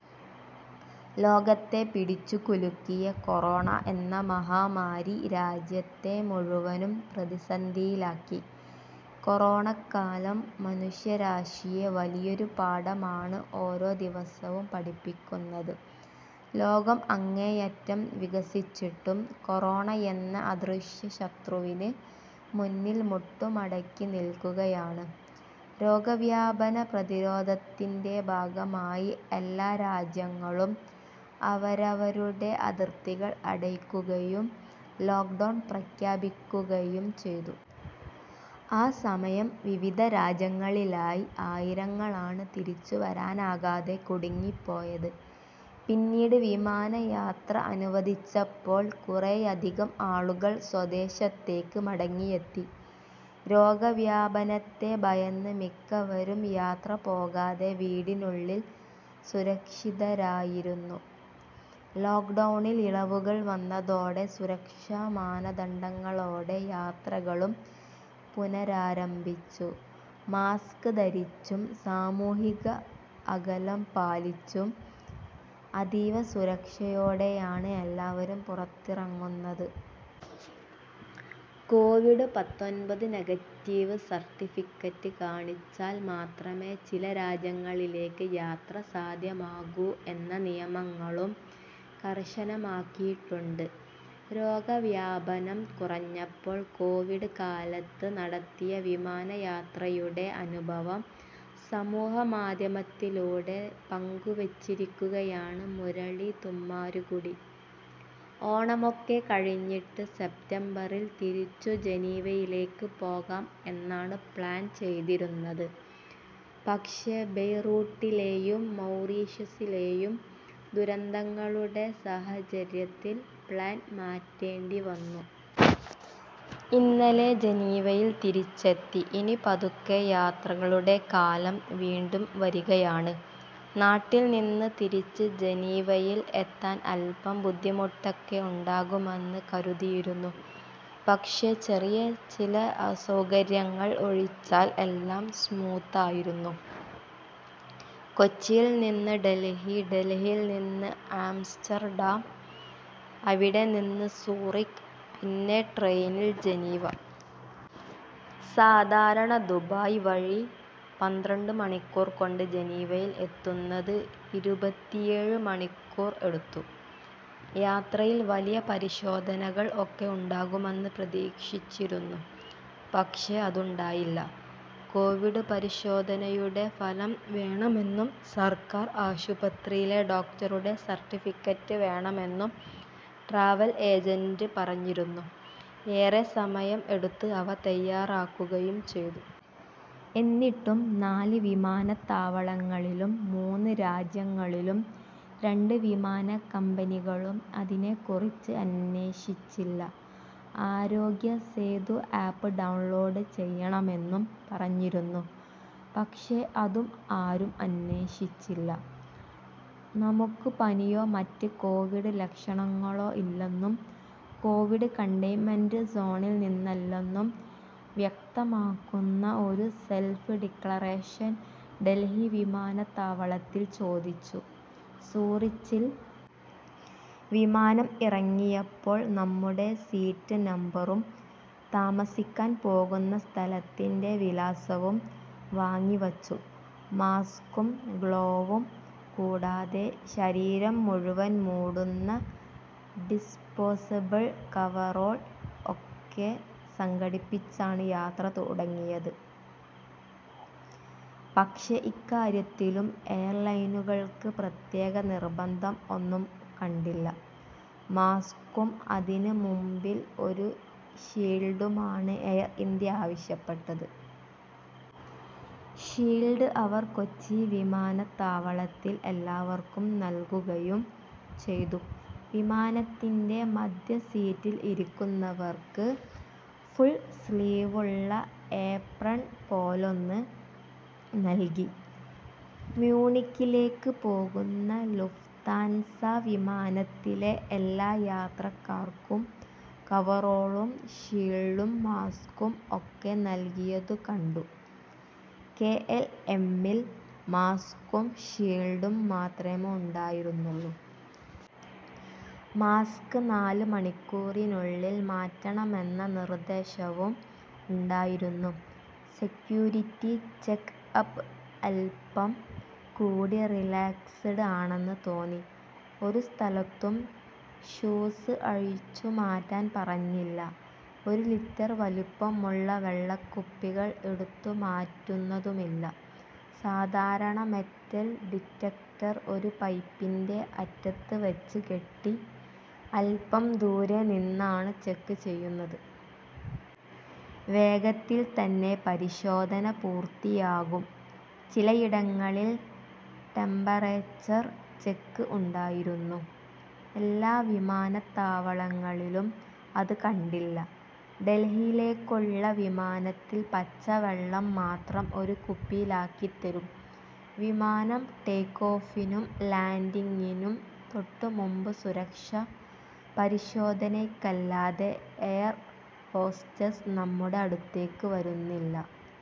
ലോകത്തെ പിടിച്ചുകുലുക്കിയ കൊറോണ എന്ന മഹാമാരി രാജ്യത്തെ മുഴുവനും പ്രതിസന്ധിയിലാക്കി. കൊറോണക്കാലം മനുഷ്യരാശിയെ വലിയൊരു പാഠമാണ് ഓരോ ദിവസവും പഠിപ്പിക്കുന്നത്. ലോകം അങ്ങേയറ്റം വികസിച്ചിട്ടും കൊറോണയെന്ന അദൃശ്യ ശത്രുവിന് മുന്നിൽ മുട്ടുമടക്കി നിൽക്കുകയാണ്. രോഗവ്യാപന പ്രതിരോധത്തിന്റെ ഭാഗമായി എല്ലാ രാജ്യങ്ങളും അവരവരുടെ അതിർത്തികൾ അടയ്ക്കുകയും ലോക്ഡൗൺ പ്രഖ്യാപിക്കുകയും ചെയ്തു. ആ സമയം വിവിധ രാജ്യങ്ങളിലായി ആയിരങ്ങളാണ് തിരിച്ചുവരാനാകാതെ കുടുങ്ങിപ്പോയത്. പിന്നീട് വിമാനയാത്ര അനുവദിച്ചപ്പോൾ കുറെയധികം ആളുകൾ സ്വദേശത്തേക്ക് മടങ്ങിയെത്തി. രോഗവ്യാപനത്തെ ഭയന്ന് മിക്കവരും യാത്ര പോകാതെ വീടിനുള്ളിൽ സുരക്ഷിതരായിരുന്നു. ലോക്ഡൗണിൽ ഇളവുകൾ വന്നതോടെ സുരക്ഷാ മാനദണ്ഡങ്ങളോടെ യാത്രകളും പുനരാരംഭിച്ചു. മാസ്ക് ധരിച്ചും സാമൂഹിക അകലം പാലിച്ചും അതീവ സുരക്ഷയോടെയാണ് എല്ലാവരും പുറത്തിറങ്ങുന്നത്. കോവിഡ് പത്തൊൻപത് നെഗറ്റീവ് സർട്ടിഫിക്കറ്റ് കാണിച്ചാൽ മാത്രമേ ചില രാജ്യങ്ങളിലേക്ക് യാത്ര സാധ്യമാകൂ എന്ന നിയമങ്ങളും കർശനമാക്കിയിട്ടുണ്ട്. രോഗവ്യാപനം കുറഞ്ഞപ്പോൾ കോവിഡ് കാലത്ത് നടത്തിയ വിമാനയാത്രയുടെ അനുഭവം സമൂഹമാധ്യമത്തിലൂടെ പങ്കുവച്ചിരിക്കുകയാണ് മുരളി തുമ്മാരുകുടി. ഓണമൊക്കെ കഴിഞ്ഞിട്ട് സെപ്റ്റംബറിൽ തിരിച്ചുജനീവയിലേക്ക് പോകാം എന്നാണ് പ്ലാൻ ചെയ്തിരുന്നത്. പക്ഷേ ബെയ്റൂട്ടിലെയും മൗറീഷ്യസിലെയും ദുരന്തങ്ങളുടെ സാഹചര്യത്തിൽ പ്ലാൻ മാറ്റേണ്ടിവന്നു. ഇന്നലെ ജനീവയിൽ തിരിച്ചെത്തി. ഇനി പതുക്കെ യാത്രകളുടെ കാലം വീണ്ടും വരികയാണ്. നാട്ടിൽനിന്ന് തിരിച്ച് ജനീവയിൽ എത്താൻ അല്പം ബുദ്ധിമുട്ടൊക്കെ ഉണ്ടാകുമെന്ന് കരുതിയിരുന്നു. പക്ഷേ ചെറിയ ചില അസൗകര്യങ്ങൾ ഒഴിച്ചാൽ എല്ലാം സ്മൂത്ത് ആയിരുന്നു. കൊച്ചിയിൽനിന്ന് ഡൽഹി, ഡൽഹിയിൽനിന്ന് ആംസ്റ്റർഡാം, അവിടെനിന്ന് സൂറിക്, പിന്നെ ട്രെയിനിൽ ജനീവ. സാധാരണ ദുബായ് വഴി പന്ത്രണ്ട് മണിക്കൂർകൊണ്ട് ജനീവയിൽ എത്തുന്നത് ഇരുപത്തിയേഴ് മണിക്കൂർ എടുത്തു. യാത്രയിൽ വലിയ പരിശോധനകൾ ഒക്കെ ഉണ്ടാകുമെന്ന് പ്രതീക്ഷിച്ചിരുന്നു. പക്ഷേ അതുണ്ടായില്ല. കോവിഡ് പരിശോധനയുടെ ഫലം വേണമെന്നും സർക്കാർ ആശുപത്രിയിലെ ഡോക്ടറുടെ സർട്ടിഫിക്കറ്റ് വേണമെന്നും ട്രാവൽ ഏജന്റ് പറഞ്ഞിരുന്നു. ഏറെ സമയം എടുത്ത് അവ തയാറാക്കുകയും ചെയ്തു. എന്നിട്ടും നാല് വിമാനത്താവളങ്ങളിലും മൂന്ന് രാജ്യങ്ങളിലും രണ്ട് വിമാനക്കമ്പനികളും അതിനെക്കുറിച്ച് അന്വേഷിച്ചില്ല. ആരോഗ്യ സേതു ആപ്പ് ഡൗൺലോഡ് ചെയ്യണമെന്നും പറഞ്ഞിരുന്നു. പക്ഷേ അതും ആരും അന്വേഷിച്ചില്ല. നമുക്ക് പനിയോ മറ്റ് കോവിഡ് ലക്ഷണങ്ങളോ ഇല്ലെന്നും കോവിഡ് കണ്ടെയ്ൻമെന്റ് സോണിൽനിന്നല്ലെന്നും വ്യക്തമാക്കുന്ന ഒരു സെൽഫ് ഡിക്ലറേഷൻ ഡൽഹി വിമാനത്താവളത്തിൽ ചോദിച്ചു. സൂറിച്ചിൽ വിമാനം ഇറങ്ങിയപ്പോൾ നമ്മുടെ സീറ്റ് നമ്പറും താമസിക്കാൻ പോകുന്ന സ്ഥലത്തിന്റെ വിലാസവും വാങ്ങിവച്ചു. മാസ്കും ഗ്ലോവും കൂടാതെ ശരീരം മുഴുവൻ മൂടുന്ന ഡിസ്പോസബിൾ കവറോൾ ഒക്കെ സംഘടിപ്പിച്ചാണ് യാത്ര തുടങ്ങിയത്. പക്ഷേ ഇക്കാര്യത്തിലും എയർലൈനുകൾക്ക് പ്രത്യേക നിർബന്ധം ഒന്നും കണ്ടില്ല. മാസ്കും അതിന് മുൻപിൽ ഒരു ഷീൽഡുമാണ് എയർ ഇന്ത്യ ആവശ്യപ്പെട്ടത്. ഷീൽഡ് അവർ കൊച്ചി വിമാനത്താവളത്തിൽ എല്ലാവർക്കും നൽകുകയും ചെയ്തു. വിമാനത്തിന്റെ മധ്യ സീറ്റിൽ ഇരിക്കുന്നവർക്ക് ഫുൾ സ്ലീവുള്ള ഏപ്രൺ പോലൊന്ന് നൽകി. മ്യൂണിക്കിലേക്ക് പോകുന്ന ലുഫ്താൻസ വിമാനത്തിലെ എല്ലാ യാത്രക്കാർക്കും കവറോളും ഷീൽഡും മാസ്കും ഒക്കെ നൽകിയത് കണ്ടു. കെ എൽ എമ്മിൽ മാസ്കും ഷീൽഡും മാത്രമേ ഉണ്ടായിരുന്നുള്ളൂ. മാസ്ക് നാല് മണിക്കൂറിനുള്ളിൽ മാറ്റണമെന്ന നിർദ്ദേശവും ഉണ്ടായിരുന്നു. സെക്യൂരിറ്റി ചെക്ക് അപ്പ് അല്പം കൂടി റിലാക്സ്ഡ് ആണെന്ന് തോന്നി. ഒരു സ്ഥലത്തും ഷൂസ് അഴിച്ചുമാറ്റാൻ പറഞ്ഞില്ല. ഒരു ലിറ്റർ വലുപ്പമുള്ള വെള്ളക്കുപ്പികൾ എടുത്തുമാറ്റുന്നതുമില്ല. സാധാരണ മെറ്റൽ ഡിറ്റക്ടർ ഒരു പൈപ്പിന്റെ അറ്റത്ത് വച്ച് കെട്ടി അല്പം ദൂരെ നിന്നാണ് ചെക്ക് ചെയ്യുന്നത്. വേഗത്തിൽ തന്നെ പരിശോധന പൂർത്തിയാകും. ചിലയിടങ്ങളിൽ ടെമ്പറേച്ചർ ചെക്ക് ഉണ്ടായിരുന്നു. എല്ലാ വിമാനത്താവളങ്ങളിലും അത് കണ്ടില്ല. ഡൽഹിയിലേക്കുള്ള വിമാനത്തിൽ പച്ചവെള്ളം മാത്രം ഒരു കുപ്പിയിലാക്കി തരും. വിമാനം ടേക്ക് ഓഫിനും ലാൻഡിങ്ങിനും തൊട്ടുമുമ്പ് സുരക്ഷാ പരിശോധനയ്ക്കല്ലാതെ എയർ ഹോസ്റ്റസ് നമ്മുടെ അടുത്തേക്ക് വരുന്നില്ല.